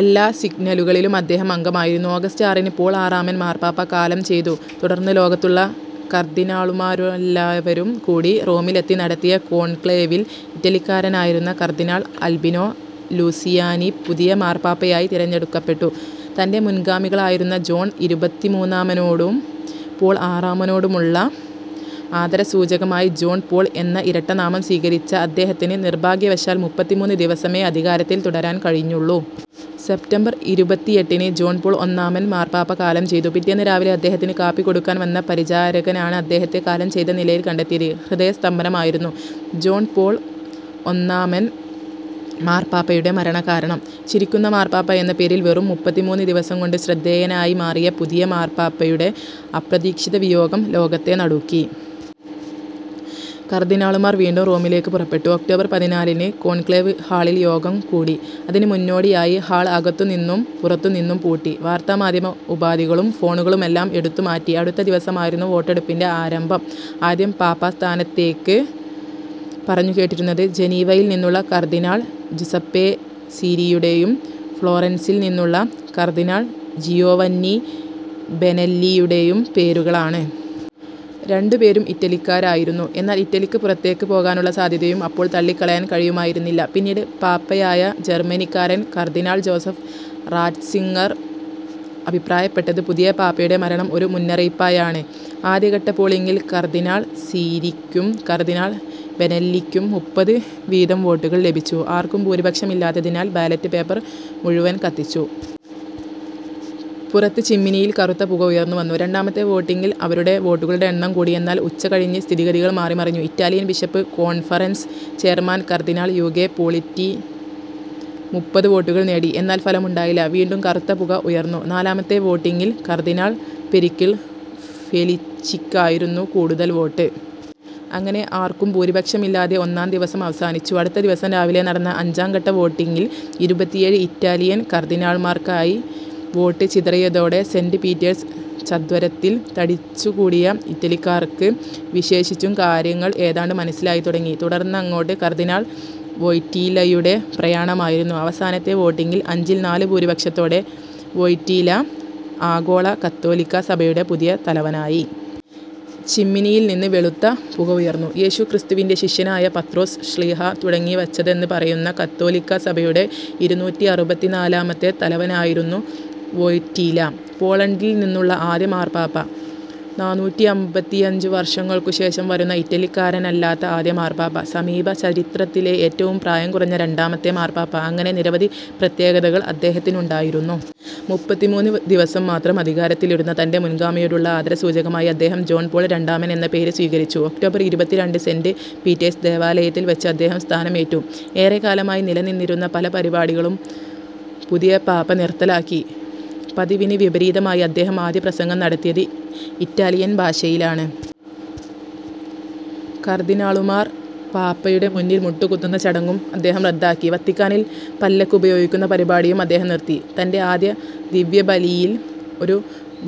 എല്ലാ സിഗ്‌നലുകളിലും അദ്ദേഹം അംഗമായിരുന്നു. ഓഗസ്റ്റ് ആറിന് പോൾ ആറാമൻ മാർപ്പാപ്പ കാലം ചെയ്തു. തുടർന്ന് ലോകത്തുള്ള കർദ്ദിനാളുമാരെല്ലാവരും കൂടി റോമിലെത്തി നടത്തിയ കോൺക്ലേവിൽ ഇറ്റലിക്കാരനായിരുന്ന കർദ്ദിനാൾ അൽബിനോ ലൂസിയാനി പുതിയ മാർപ്പാപ്പയായി തിരഞ്ഞെടുക്കപ്പെട്ടു. തന്റെ മുൻഗാമികളായിരുന്ന ജോൺ ഇരുപത്തിമൂന്നാമനോടും പോൾ ആറാമനോടുമുള്ള ആദരസൂചകമായി 'ജോൺ പോൾ' എന്ന ഇരട്ടനാമം സ്വീകരിച്ച അദ്ദേഹത്തിന്, നിർഭാഗ്യവശാൽ മുപ്പത്തിമൂന്ന് ദിവസമേ അധികാരത്തിൽ തുടരാൻ കഴിഞ്ഞുള്ളൂ. സെപ്റ്റംബർ ഇരുപത്തിഎട്ടിന് ജോൺ പോൾ ഒന്നാമൻ മാർപ്പാപ്പ കാലം ചെയ്തു. പിറ്റേന്ന് രാവിലെ അദ്ദേഹത്തിന് കാപ്പി കൊടുക്കാൻ വന്ന പരിചാരകനാണ് അദ്ദേഹത്തെ കാലം ചെയ്ത നിലയിൽ കണ്ടെത്തിയത്. ഹൃദയസ്തംഭനമായിരുന്നു ജോൺ പോൾ ഒന്നാമൻ മാർപ്പാപ്പയുടെ മരണകാരണം. 'ചിരിയ്ക്കുന്ന മാർപ്പാപ്പ' എന്ന പേരിൽ വെറും മുപ്പത്തിമൂന്ന് ദിവസം കൊണ്ട് ശ്രദ്ധേയനായി മാറിയ പുതിയ മാർ പാപ്പയുടെ അപ്രതീക്ഷിതവിയോഗം ലോകത്തെ നടുക്കി. കർദ്ദിനാളുമാർ വീണ്ടും റോമിലേയ്ക്ക് പുറപ്പെട്ടു. ഒക്ടോബർ പതിനാലിന് കോൺക്ലേവ് ഹാളിൽ യോഗം കൂടി. അതിന് മുന്നോടിയായി ഹാൾ അകത്തുനിന്നും പുറത്തുനിന്നും പൂട്ടി. വാർത്താമാധ്യമ ഉപാധികളും ഫോണുകളുമെല്ലാം എടുത്തുമാറ്റി. അടുത്ത ദിവസമായിരുന്നു വോട്ടെടുപ്പിന്റെ ആരംഭം. ആദ്യം പാപ്പാസ്ഥാനത്തേയ്ക്ക് പറഞ്ഞുകേട്ടിരുന്നത് ജനീവയിൽ നിന്നുള്ള കർദ്ദിനാൾ ജുസപ്പേ സീരിയുടെയും ഫ്ലോറൻസിൽ നിന്നുള്ള കർദ്ദിനാൾ ജിയോവന്നി ബെനെല്ലിയുടെയും പേരുകളാണ്. രണ്ടുപേരും ഇറ്റലിക്കാരായിരുന്നു. എന്നാൽ, ഇറ്റലിയ്ക്ക് പുറത്തേയ്ക്ക് പോകാനുള്ള സാധ്യതയും അപ്പോൾ തള്ളിക്കളയാൻ കഴിയുമായിരുന്നില്ല. പിന്നീട് പാപ്പയായ ജർമ്മനിക്കാരൻ കർദ്ദിനാൾ ജോസഫ് റാറ്റ്സിങ്ങർ അഭിപ്രായപ്പെട്ടത് പുതിയ പാപ്പയുടെ മരണം ഒരു മുന്നറിയിപ്പായാണ്. ആദ്യഘട്ട പോളിങ്ങിൽ കർദ്ദിനാൾ സീരിയ്ക്കും കർദ്ദിനാൾ ബെനെല്ലിയ്ക്കും മുപ്പത് വീതം വോട്ടുകൾ ലഭിച്ചു. ആർക്കും ഭൂരിപക്ഷമില്ലാത്തതിനാൽ ബാലറ്റ് പേപ്പർ മുഴുവൻ കത്തിച്ചു. പുറത്ത് ചിമ്മിനിയിൽ കറുത്ത പുക ഉയർന്നുവന്നു. രണ്ടാമത്തെ വോട്ടിങ്ങിൽ അവരുടെ വോട്ടുകളുടെ എണ്ണം കൂടി. എന്നാൽ ഉച്ചകഴിഞ്ഞ് സ്ഥിതിഗതികൾ മാറിമറിഞ്ഞു. Italian bishop conference chairman cardinal Ugo Poletti മുപ്പത് വോട്ടുകൾ നേടി. എന്നാൽ, ഫലമുണ്ടായില്ല. വീണ്ടും കറുത്ത പുക ഉയർന്നു. നാലാമത്തെ വോട്ടിങ്ങിൽ കർദ്ദിനാൾ പെരിക്കിൾ ഫെലിച്ചിയ്ക്കായിരുന്നു കൂടുതൽ വോട്ട്. അങ്ങനെ ആർക്കും ഭൂരിപക്ഷമില്ലാതെ ഒന്നാം ദിവസം അവസാനിച്ചു. അടുത്ത ദിവസം രാവിലെ നടന്ന അഞ്ചാം ഘട്ട വോട്ടിങ്ങിൽ ഇരുപത്തിഏഴ് ഇറ്റാലിയൻ കർദ്ദിനാൾമാർക്കായി വോട്ട് ചിതറിയതോടെ സെന്റ് പീറ്റേഴ്സ് ചത്വരത്തിൽ തടിച്ചുകൂടിയ ഇറ്റലിക്കാർക്ക് വിശേഷിച്ചും കാര്യങ്ങൾ ഏതാണ്ട് മനസ്സിലായിത്തുടങ്ങി. തുടർന്നങ്ങോട്ട് കർദ്ദിനാൾ വോയ്റ്റീലയുടെ പ്രയാണമായിരുന്നു. അവസാനത്തെ വോട്ടിങ്ങിൽ അഞ്ചിൽ നാല് ഭൂരിപക്ഷത്തോടെ വോയ്റ്റീല ആഗോള കത്തോലിക്കാസഭയുടെ പുതിയ തലവനായി. ചിമ്മിനിയിൽ നിന്ന് വെളുത്ത പുക ഉയർന്നു. യേശുക്രിസ്തുവിന്റെ ശിഷ്യനായ പത്രോസ് ശ്ലീഹാ തുടങ്ങിവച്ചതെന്ന് പറയുന്ന കത്തോലിക്കാസഭയുടെ ഇരുന്നൂറ്റിഅറുപത്തിനാലാമത്തെ തലവനായിരുന്നു വോയ്റ്റീല. പോളണ്ടിൽ നിന്നുള്ള ആദ്യ മാർപ്പാപ്പ, നാനൂറ്റിഅമ്പത്തിയഞ്ചു വർഷങ്ങൾക്കുശേഷം വരുന്ന ഇറ്റലിക്കാരനല്ലാത്ത ആദ്യ മാർപ്പാപ്പ, സമീപ ചരിത്രത്തിലെ ഏറ്റവും പ്രായം കുറഞ്ഞ രണ്ടാമത്തെ മാർപ്പാപ്പ അങ്ങനെ നിരവധി പ്രത്യേകതകൾ അദ്ദേഹത്തിനുണ്ടായിരുന്നു. മുപ്പത്തിമൂന്ന് ദിവസം മാത്രം അധികാരത്തിലിരുന്ന തന്റെ മുൻഗാമിയോടുള്ള ആദരസൂചകമായി അദ്ദേഹം ജോൺ പോൾ രണ്ടാമൻ എന്ന പേര് സ്വീകരിച്ചു. ഒക്ടോബർ ഇരുപത്തിരണ്ടിന് സെന്റ് പീറ്റേഴ്സ് ദേവാലയത്തിൽ വച്ച് അദ്ദേഹം സ്ഥാനമേറ്റു. ഏറെക്കാലമായി നിലനിന്നിരുന്ന പല പരിപാടികളും പുതിയ പാപ്പ നിർത്തലാക്കി. പതിവിന് വിപരീതമായി അദ്ദേഹം ആദ്യ പ്രസംഗം നടത്തിയത് ഇറ്റാലിയൻ ഭാഷയിലാണ്. കർദ്ദിനാളുമാർ പാപ്പയുടെ മുന്നിൽ മുട്ടുകുത്തുന്ന ചടങ്ങും അദ്ദേഹം റദ്ദാക്കി. വത്തിക്കാനിൽ പല്ലക്ക് ഉപയോഗിക്കുന്ന പരിപാടിയും അദ്ദേഹം നിർത്തി. തന്റെ ആദ്യ ദിവ്യബലിയിൽ ഒരു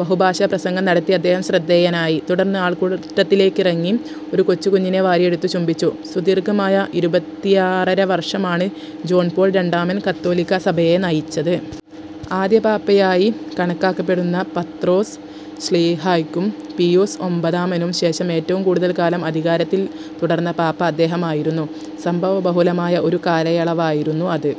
ബഹുഭാഷാപ്രസംഗം നടത്തി അദ്ദേഹം ശ്രദ്ധേയനായി. തുടർന്ന് ആൾക്കൂട്ടത്തിലേക്കിറങ്ങി ഒരു കൊച്ചുകുഞ്ഞിനെ വാരിയെടുത്ത് ചുംബിച്ചു. സുദീർഘമായ ഇരുപത്തിയാറര വർഷമാണ് ജോൺ പോൾ രണ്ടാമൻ കത്തോലിക്കാ സഭയെ നയിച്ചത്. ആദ്യ പാപ്പയായി കണക്കാക്കപ്പെടുന്ന പത്രോസ് ശ്ലീഹായ്ക്കും, പീയൂസ് ഒമ്പതാമനും ശേഷം ഏറ്റവും കൂടുതൽ കാലം അധികാരത്തിൽ തുടർന്ന പാപ്പ അദ്ദേഹമായിരുന്നു. സംഭവബഹുലമായ ഒരു കാലയളവായിരുന്നു അത്.